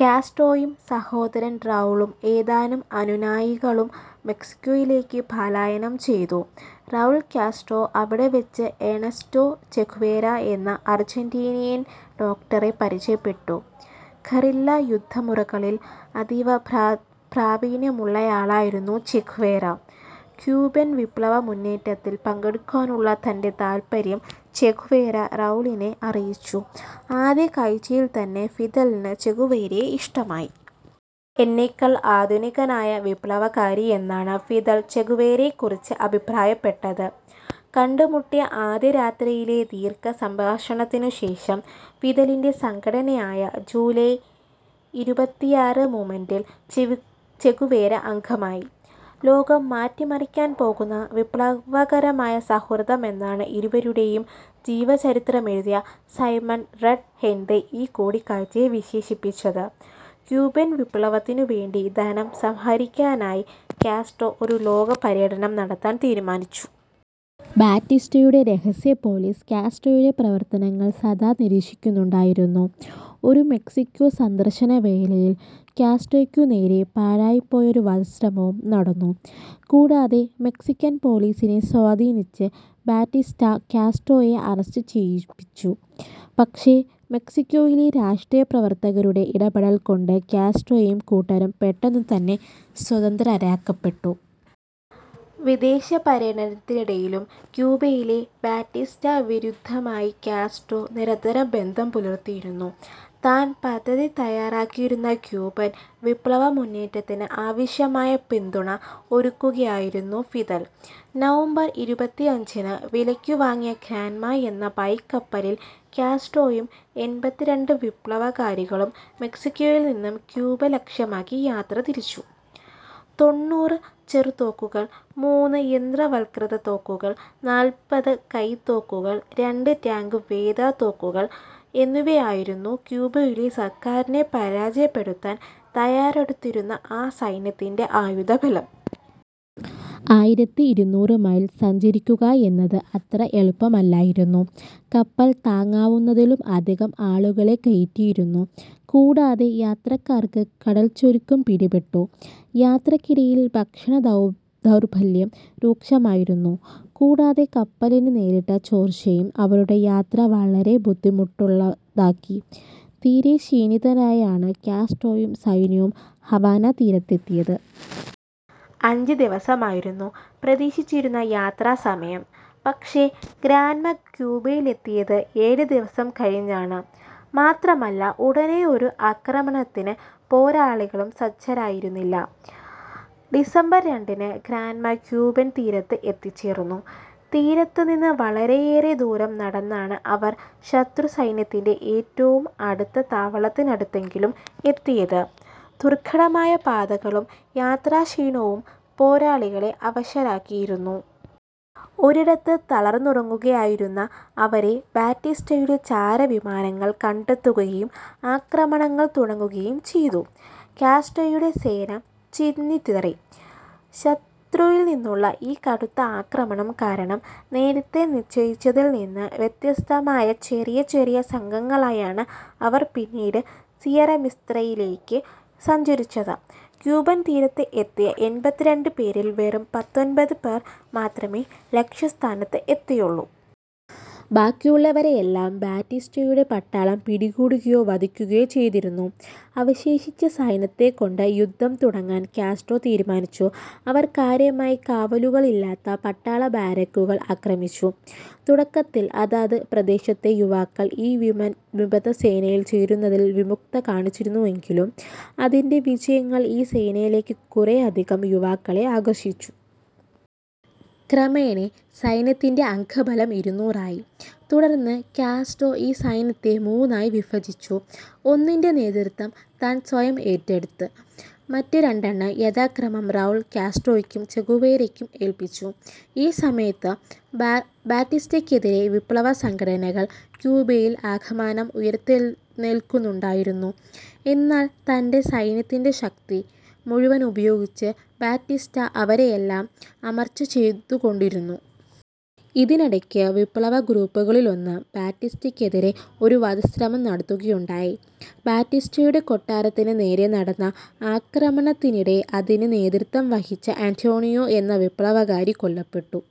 കാസ്ട്രോയും സഹോദരൻ റൗളും ഏതാനം അനുയായികളും മെക്സിക്കോയിലേക്ക് പലായനം ചെയ്തു. റൗൾ കാസ്ട്രോ അവിടെവെച്ച് ഏണസ്റ്റോ ചെഗുവേര എന്ന അർജന്റീനിയൻ ഡോക്ടറെ പരിചയപ്പെട്ടു. ഗറില്ലാ യുദ്ധമുറകളിൽ അതിപ്രാവീണ്യമുള്ളയാളായിരുന്നു ചെഗുവേര. ക്യൂബൻ വിപ്ലവമുന്നേറ്റത്തിൽ പങ്കെടുക്കാനുള്ള തൻ്റെ താൽപര്യം ചെഗുവേര റൗളിനെ അറിയിച്ചു. ആദ്യ കാഴ്ചയിൽത്തന്നെ ഫിദലിന് ചെഗുവേരയെ ഇഷ്ടമായി. എന്നേക്കാൾ ആധുനികനായ വിപ്ലവകാരിയെന്നാണ് ഫിദൽ ചെഗുവേരയെക്കുറിച്ച് അഭിപ്രായപ്പെട്ടത്. കണ്ടുമുട്ടിയ ആദ്യരാത്രിയിലെ ദീർഘസംഭാഷണത്തിനുശേഷം ഫിദലിൻ്റെ സംഘടനയായ ജൂലൈ ഇരുപത്തിയാറ് മൂവ്മെൻറ്റിൽ ചെഗുവേര അംഗമായി. ലോകം മാറ്റിമറിക്കാൻ പോകുന്ന വിപ്ലവകരമായ സൗഹൃദമെന്നാണ് ഇരുവരുടെയും ജീവചരിത്രമെഴുതിയ സൈമണ്ട് റെഡ് ഹെൻട്രി ഈ കൂടിക്കാഴ്ചയെ വിശേഷിപ്പിച്ചത്. ക്യൂബൻ വിപ്ലവത്തിനുവേണ്ടി ധനം സമാഹരിക്കാനായി കാസ്ട്രോ ഒരു ലോകപര്യടനം നടത്താൻ തീരുമാനിച്ചു. ബാറ്റിസ്റ്റയുടെ രഹസ്യ പോലീസ് കാസ്ട്രോയുടെ പ്രവർത്തനങ്ങൾ സദാ നിരീക്ഷിക്കുന്നുണ്ടായിരുന്നു. ഒരു മെക്സിക്കോ സന്ദർശനവേളയിൽ കാസ്ട്രോയ്ക്കുനേരെ പാഴായിപ്പോയ ഒരു വധശ്രമവും നടന്നു. കൂടാതെ, മെക്സിക്കൻ പോലീസിനെ സ്വാധീനിച്ച് ബാറ്റിസ്റ്റ കാസ്ട്രോയെ അറസ്റ്റ് ചെയ്യിച്ചു. പക്ഷേ, മെക്സിക്കോയിലെ രാഷ്ട്രീയ പ്രവർത്തകരുടെ ഇടപെടൽ കൊണ്ട് കാസ്ട്രോയും കൂട്ടരും പെട്ടെന്ന് തന്നെ സ്വതന്ത്രരാക്കപ്പെട്ടു. വിദേശപര്യടനത്തിനിടയിലും ക്യൂബയിലെ ബാറ്റിസ്റ്റ വിരുദ്ധരുമായി കാസ്ട്രോ നിരന്തരബന്ധം പുലർത്തിയിരുന്നു. താൻ പദ്ധതി തയ്യാറാക്കിയിരുന്ന ക്യൂബൻ വിപ്ലവമുന്നേറ്റത്തിന് ആവശ്യമായ പിന്തുണ ഒരുക്കുകയായിരുന്നു ഫിദൽ. നവംബർ ഇരുപത്തിയഞ്ചിന് വിലയ്ക്കു വാങ്ങിയ ഗ്രാൻമ എന്ന പായ്ക്കപ്പലിൽ കാസ്ട്രോയും എൺപത്തിരണ്ട് വിപ്ലവകാരികളും മെക്സിക്കോയിൽ നിന്ന് ക്യൂബ ലക്ഷ്യമാക്കി യാത്രതിരിച്ചു. തൊണ്ണൂറ് ചെറുതോക്കുകൾ മൂന്ന് യന്ത്രവൽകൃത തോക്കുകൾ നാൽപ്പത് കൈത്തോക്കുകൾ രണ്ട് ടാങ്ക് വേധ തോക്കുകൾ എന്നിവയായിരുന്നു ക്യൂബയിലെ സർക്കാരിനെ പരാജയപ്പെടുത്താൻ തയ്യാറെടുത്തിരുന്ന ആ സൈന്യത്തിൻ്റെ ആയുധബലം. ആയിരത്തി ഇരുനൂറ് മൈൽ സഞ്ചരിക്കുക എന്നത് അത്ര എളുപ്പമല്ലായിരുന്നു. കപ്പല താങ്ങാവുന്നതിലും അധികം ആളുകളെ കയറ്റിയിരുന്നു. കൂടാതെ, യാത്രികർക്ക് കടൽച്ചൊരുക്കും പിടിപെട്ടു. യാത്രക്കിടയിൽ ഭക്ഷണദൗർലഭ്യം രൂക്ഷമായിരുന്നു. കൂടാതെ, കപ്പലിന് നേരിട്ട ചോർച്ചയും അവരുടെ യാത്ര വളരെ ബുദ്ധിമുട്ടുള്ളതാക്കി. തീരെ ക്ഷീണിതരായാണ് കാസ്ട്രോയും സൈന്യവും ഹവാന തീരത്ത് എത്തിയത്. അഞ്ച് ദിവസമായിരുന്നു പ്രതീക്ഷിച്ചിരുന്ന യാത്രാസമയം. പക്ഷേ ഗ്രാൻമ ക്യൂബയിലെത്തിയത് ഏഴ് ദിവസം കഴിഞ്ഞാണ്. മാത്രമല്ല ഉടനെയൊരു ആക്രമണത്തിന് പോരാളികളും സജ്ജരായിരുന്നില്ല. ഡിസംബർ രണ്ടിന് ഗ്രാൻമ ക്യൂബൻ തീരത്ത് എത്തിച്ചേർന്നു. തീരത്തുനിന്ന് വളരെയേറെ ദൂരം നടന്നാണ് അവർ ശത്രുസൈന്യത്തിൻ്റെ ഏറ്റവും അടുത്ത താവളത്തിനടുത്തെങ്കിലും എത്തിയത്. ദുർഘടമായ പാതകളും യാത്രാക്ഷീണവും പോരാളികളെ അവശരാക്കിയിരുന്നു. ഒരിടത്ത് തളർന്നുറങ്ങുകയായിരുന്ന അവരെ ബാറ്റിസ്റ്റയുടെ ചാരവിമാനങ്ങൾ കണ്ടെത്തുകയും ആക്രമണം തുടങ്ങുകയും ചെയ്തു. കാസ്ട്രോയുടെ സേന ചിന്നിച്ചിതറി. ശത്രുവിൽ നിന്നുള്ള ഈ കടുത്ത ആക്രമണം കാരണം നേരത്തേ നിശ്ചയിച്ചതിൽ നിന്ന് വ്യത്യസ്തമായി ചെറിയ ചെറിയ സംഘങ്ങളായാണ് അവർ പിന്നീട് സിയറ മിസ്ത്രയിലേക്ക് സഞ്ചരിച്ചത്. ക്യൂബൻ തീരത്ത് എത്തിയ എൺപത്തിരണ്ട് പേരിൽ വെറും പത്തൊൻപത് പേർ മാത്രമേ ലക്ഷ്യസ്ഥാനത്ത് എത്തിയുള്ളു. ബാക്കിയുള്ളവരെയെല്ലാം ബാറ്റിസ്റ്റയുടെ പട്ടാളം പിടികൂടുകയോ വധിക്കുകയോ ചെയ്തിരുന്നു. അവശേഷിച്ച സൈന്യത്തെക്കൊണ്ട് യുദ്ധം തുടങ്ങാൻ കാസ്ട്രോ തീരുമാനിച്ചു. അവർ കാര്യമായ കാവലുകളില്ലാത്ത പട്ടാള ബാരക്കുകൾ ആക്രമിച്ചു. തുടക്കത്തിൽ അതത് പ്രദേശത്തെ യുവാക്കൾ ഈ വിമതസേനയിൽ ചേരുന്നതിൽ വിമുഖത കാണിച്ചിരുന്നുവെങ്കിലും, അതിൻ്റെ വിജയങ്ങൾ ഈ സേനയിലേക്ക് കുറെയധികം യുവാക്കളെ ആകർഷിച്ചു. ക്രമേണ സൈന്യത്തിൻ്റെ അംഗബലം ഇരുന്നൂറായി. തുടർന്ന് കാസ്ട്രോ ഈ സൈന്യത്തെ മൂന്നായി വിഭജിച്ചു. ഒന്നിൻ്റെ നേതൃത്വം താൻ സ്വയം ഏറ്റെടുത്ത് മറ്റു രണ്ടെണ്ണം യഥാക്രമം റൗൾ കാസ്ട്രോയ്ക്കും ചെഗുവേരയ്ക്കും ഏൽപ്പിച്ചു. ഈ സമയത്ത് ബാറ്റിസ്റ്റക്കെതിരെ വിപ്ലവസംഘടനകൾ ക്യൂബയിൽ ആകമാനം ഉയിർത്തെഴുന്നേൽക്കുന്നുണ്ടായിരുന്നു. എന്നാൽ തൻ്റെ സൈന്യത്തിൻ്റെ ശക്തി മുഴുവൻ ഉപയോഗിച്ച് ബാറ്റിസ്റ്റ അവരെയെല്ലാം അമർച്ച ചെയ്തുകൊണ്ടിരുന്നു. ഇതിനിടയ്ക്ക് വിപ്ലവഗ്രൂപ്പുകളിലൊന്ന് ബാറ്റിസ്റ്റക്കെതിരെ ഒരു വധശ്രമം നടത്തുകയുണ്ടായി. ബാറ്റിസ്റ്റയുടെ കൊട്ടാരത്തിന് നേരെ നടന്ന ആക്രമണത്തിനിടെ അതിന് നേതൃത്വം വഹിച്ച ആന്റോണിയോ എന്ന വിപ്ലവകാരി കൊല്ലപ്പെട്ടു.